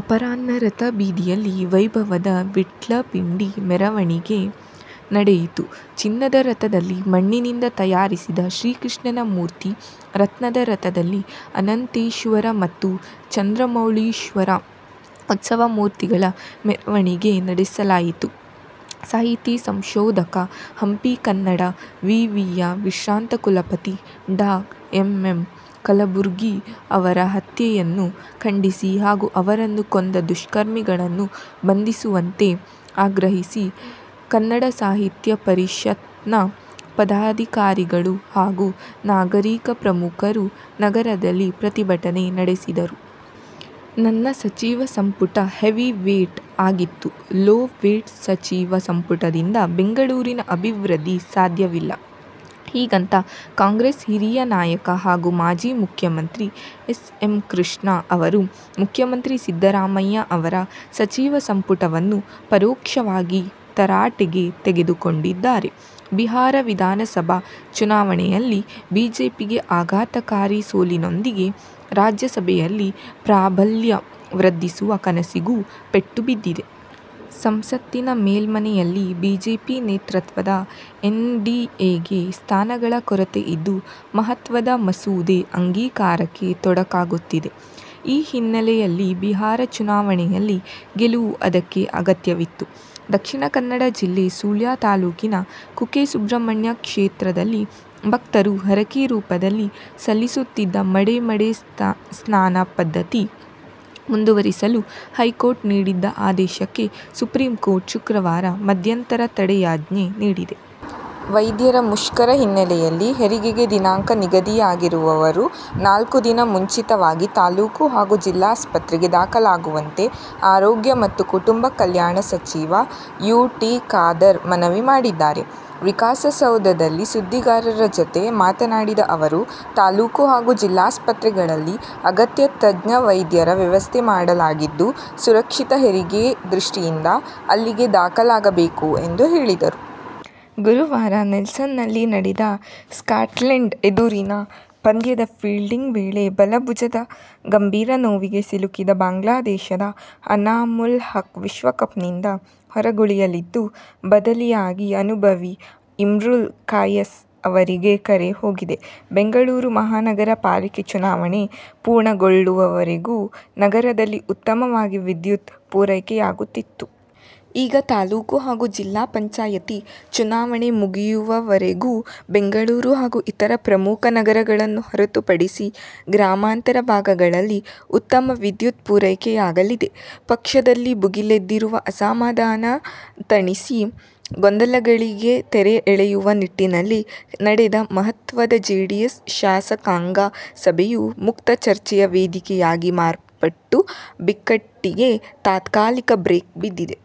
ಅಪರಾಹ್ನ ರಥಬೀದಿಯಲ್ಲಿ ವೈಭವದ ವಿಟ್ಲಪಿಂಡಿ ಮೆರವಣಿಗೆ ನಡೆಯಿತು. ಚಿನ್ನದ ರಥದಲ್ಲಿ ಮಣ್ಣಿನಿಂದ ತಯಾರಿಸಿದ ಶ್ರೀಕೃಷ್ಣನ ಮೂರ್ತಿ, ರತ್ನದ ರಥದಲ್ಲಿ ಅನಂತೇಶ್ವರ ಮತ್ತು ಚಂದ್ರಮೌಳೀಶ್ವರ ಉತ್ಸವ ಮೂರ್ತಿಗಳ ಮೆರವಣಿಗೆ ನಡೆಸಲಾಯಿತು. ಸಾಹಿತಿ, ಸಂಶೋಧಕ, ಹಂಪಿ ಕನ್ನಡ ವಿವಿಯ ವಿಶ್ರಾಂತ ಕುಲಪತಿ ಡಾ. ಎಂ. ಎಂ. ಕಲಬುರ್ಗಿ ಅವರ ಹತ್ಯೆಯನ್ನು ಖಂಡಿಸಿ ಹಾಗೂ ಅವರನ್ನು ಕೊಂದ ದುಷ್ಕರ್ಮಿಗಳನ್ನು ಬಂಧಿಸುವಂತೆ ಆಗ್ರಹಿಸಿ ಕನ್ನಡ ಸಾಹಿತ್ಯ ಪರಿಷತ್ನ ಪದಾಧಿಕಾರಿಗಳು ಹಾಗೂ ನಾಗರಿಕ ಪ್ರಮುಖರು ನಗರದಲ್ಲಿ ಪ್ರತಿಭಟನೆ ನಡೆಸಿದರು. ನನ್ನ ಸಚಿವ ಸಂಪುಟ 'ಹೆವಿವೇಟ್' ಆಗಿತ್ತು. 'ಲೋ ವೇಟ್' ಸಚಿವ ಸಂಪುಟದಿಂದ ಬೆಂಗಳೂರಿನ ಅಭಿವೃದ್ಧಿ ಸಾಧ್ಯವಿಲ್ಲ. ಹೀಗಂತ ಕಾಂಗ್ರೆಸ್ ಹಿರಿಯ ನಾಯಕ ಹಾಗೂ ಮಾಜಿ ಮುಖ್ಯಮಂತ್ರಿ ಎಸ್. ಎಂ. ಕೃಷ್ಣ ಅವರು ಮುಖ್ಯಮಂತ್ರಿ ಸಿದ್ದರಾಮಯ್ಯ ಅವರ ಸಚಿವ ಸಂಪುಟವನ್ನು ಪರೋಕ್ಷವಾಗಿ ತರಾಟೆಗೆ ತೆಗೆದುಕೊಂಡಿದ್ದಾರೆ. ಬಿಹಾರ ವಿಧಾನಸಭಾ ಚುನಾವಣೆಯಲ್ಲಿ ಬಿಜೆಪಿಗೆ ಆಘಾತಕಾರಿ ಸೋಲಿನೊಂದಿಗೆ, ರಾಜ್ಯಸಭೆಯಲ್ಲಿ ಪ್ರಾಬಲ್ಯ ವೃದ್ಧಿಸುವ ಕನಸಿಗೂ ಪೆಟ್ಟು ಬಿದ್ದಿದೆ. ಸಂಸತ್ತಿನ ಮೇಲ್ಮನೆಯಲ್ಲಿ ಬಿಜೆಪಿ ನೇತೃತ್ವದ ಎನ್ಡಿಎಗೆ ಸ್ಥಾನಗಳ ಕೊರತೆ ಇದ್ದು ಮಹತ್ವದ ಮಸೂದೆ ಅಂಗೀಕಾರಕ್ಕೆ ತೊಡಕಾಗುತ್ತಿದೆ. ಈ ಹಿನ್ನೆಲೆಯಲ್ಲಿ ಬಿಹಾರ ಚುನಾವಣೆಯಲ್ಲಿ ಗೆಲುವು ಅದಕ್ಕೆ ಅಗತ್ಯವಿತ್ತು. ದಕ್ಷಿಣ ಕನ್ನಡ ಜಿಲ್ಲೆ ಸುಳ್ಯ ತಾಲೂಕಿನ ಕುಕ್ಕೆ ಸುಬ್ರಹ್ಮಣ್ಯ ಕ್ಷೇತ್ರದಲ್ಲಿ ಭಕ್ತರು ಹರಕೆ ರೂಪದಲ್ಲಿ ಸಲ್ಲಿಸುತ್ತಿದ್ದ ಮಡೆ ಮಡೆ ಸ್ನಾನ ಪದ್ಧತಿ ಮುಂದುವರಿಸಲು ಹೈಕೋರ್ಟ್ ನೀಡಿದ್ದ ಆದೇಶಕ್ಕೆ ಸುಪ್ರೀಂಕೋರ್ಟ್ ಶುಕ್ರವಾರ ಮಧ್ಯಂತರ ತಡೆಯಾಜ್ಞೆ ನೀಡಿದೆ. ವೈದ್ಯರ ಮುಷ್ಕರ ಹಿನ್ನೆಲೆಯಲ್ಲಿ ಹೆರಿಗೆಗೆ ದಿನಾಂಕ ನಿಗದಿಯಾಗಿರುವವರು ನಾಲ್ಕು ದಿನ ಮುಂಚಿತವಾಗಿ ತಾಲೂಕು ಹಾಗೂ ಜಿಲ್ಲಾಸ್ಪತ್ರಗೆ ದಾಖಲಾಗುವಂತೆ ಆರೋಗ್ಯ ಮತ್ತು ಕುಟುಂಬ ಕಲ್ಯಾಣ ಸಚಿವ ಯು. ಟಿ. ಖಾದರ್ ಮನವಿ ಮಾಡಿದ್ದಾರೆ. ವಿಕಾಸಸೌಧದಲ್ಲಿ ಸುದ್ದಿಗಾರರ ಜತೆ ಮಾತನಾಡಿದ ಅವರು, ತಾಲೂಕು ಹಾಗೂ ಜಿಲ್ಲಾಸ್ಪತ್ರೆಗಳಲ್ಲಿ ಅಗತ್ಯ ತಜ್ಞ ವೈದ್ಯರ ವ್ಯವಸ್ಥೆ ಮಾಡಲಾಗಿದ್ದು, ಸುರಕ್ಷಿತ ಹೆರಿಗೆ ದೃಷ್ಟಿಯಿಂದ ಅಲ್ಲಿಗೆ ದಾಖಲಾಗಬೇಕು ಎಂದು ಹೇಳಿದರು. ಗುರುವಾರ ನೆಲ್ಸನ್ನಲ್ಲಿ ನಡೆದ ಸ್ಕಾಟ್ಲೆಂಡ್ ಎದುರಿನ ಪಂದ್ಯದ ಫೀಲ್ಡಿಂಗ್ ವೇಳೆ ಬಲ ಭುಜದ ಗಂಭೀರ ನೋವಿಗೆ ಸಿಲುಕಿದ ಬಾಂಗ್ಲಾದೇಶದ ಅನಾಮುಲ್ ಹಕ್ ವಿಶ್ವಕಪ್ನಿಂದ ಹೊರಗುಳಿಯಲಿದ್ದು, ಬದಲಿಯಾಗಿ ಅನುಭವಿ ಇಮ್ರುಲ್ ಕಾಯಸ್ ಅವರಿಗೆ ಕರೆ ಹೋಗಿದೆ. ಬೆಂಗಳೂರು ಮಹಾನಗರಪಾಲಿಕೆ ಚುನಾವಣೆ ಪೂರ್ಣಗೊಳ್ಳುವವರೆಗೂ ನಗರದಲ್ಲಿ ಉತ್ತಮವಾಗಿ ವಿದ್ಯುತ್ ಪೂರೈಕೆಯಾಗುತ್ತಿತ್ತು. ಈಗ ತಾಲೂಕು ಹಾಗೂ ಜಿಲ್ಲಾ ಪಂಚಾಯತಿ ಚುನಾವಣೆ ಮುಗಿಯುವವರೆಗೂ ಬೆಂಗಳೂರು ಹಾಗೂ ಇತರ ಪ್ರಮುಖ ನಗರಗಳನ್ನು ಹೊರತು ಪಡಿಸಿ ಗ್ರಾಮಾಂತರ ಭಾಗಗಳಲ್ಲಿ ಉತ್ತಮ ವಿದ್ಯುತ್ ಪೂರೈಕೆಯಾಗಲಿದೆ. ಪಕ್ಷದಲ್ಲಿ ಭುಗಿಲೆದ್ದಿರುವ ಅಸಮಾಧಾನ ತಣಿಸಿ ಗೊಂದಲಗಳಿಗೆ ತೆರೆ ಎಳೆಯುವ ನಿಟ್ಟಿನಲ್ಲಿ ನಡೆದ ಮಹತ್ವದ ಜೆಡಿಎಸ್ ಶಾಸಕಾಂಗ ಸಭೆಯು ಮುಕ್ತ ಚರ್ಚೆಯ ವೇದಿಕೆಯಾಗಿ ಮಾರ್ಪಟ್ಟು ಬಿಕ್ಕಟ್ಟಿಗೆ ತಾತ್ಕಾಲಿಕ ಬ್ರೇಕ್ ಬಿದ್ದಿದೆ.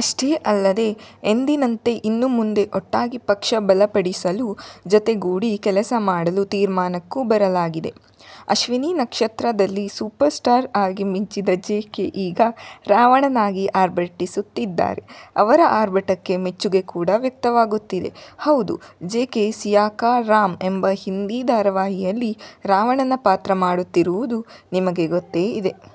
ಅಷ್ಟೇ ಅಲ್ಲದೆ ಎಂದಿನಂತೆ ಇನ್ನು ಮುಂದೆ ಒಟ್ಟಾಗಿ ಪಕ್ಷ ಬಲಪಡಿಸಲು ಜತೆಗೂಡಿ ಕೆಲಸ ಮಾಡಲು ತೀರ್ಮಾನಕ್ಕೂ ಬರಲಾಗಿದೆ. "ಅಶ್ವಿನಿ ನಕ್ಷತ್ರ'ದಲ್ಲಿ ಸೂಪರ್ಸ್ಟಾರ್ ಆಗಿ ಮಿಂಚಿದ ಜೆಕೆ ಈಗ ರಾವಣನಾಗಿ ಆರ್ಭಟಿಸುತ್ತಿದ್ದಾರೆ. ಅವರ ಅರ್ಭಟಕ್ಕೆ ಮೆಚ್ಚುಗೆ ಕೂಡಾ ವ್ಯಕ್ತವಾಗುತ್ತಿದೆ. ಹೌದು, ಜೆಕೆ "ಸಿಯಾಕಾ ರಾಮ್' ಎಂಬ ಹಿಂದಿ ಧಾರಾವಾಹಿಯಲ್ಲಿ ರಾವಣನ ಪಾತ್ರ ಮಾಡುತ್ತಿರುವುದು ನಿಮಗೆ ಗೊತ್ತೇ ಇದೆ.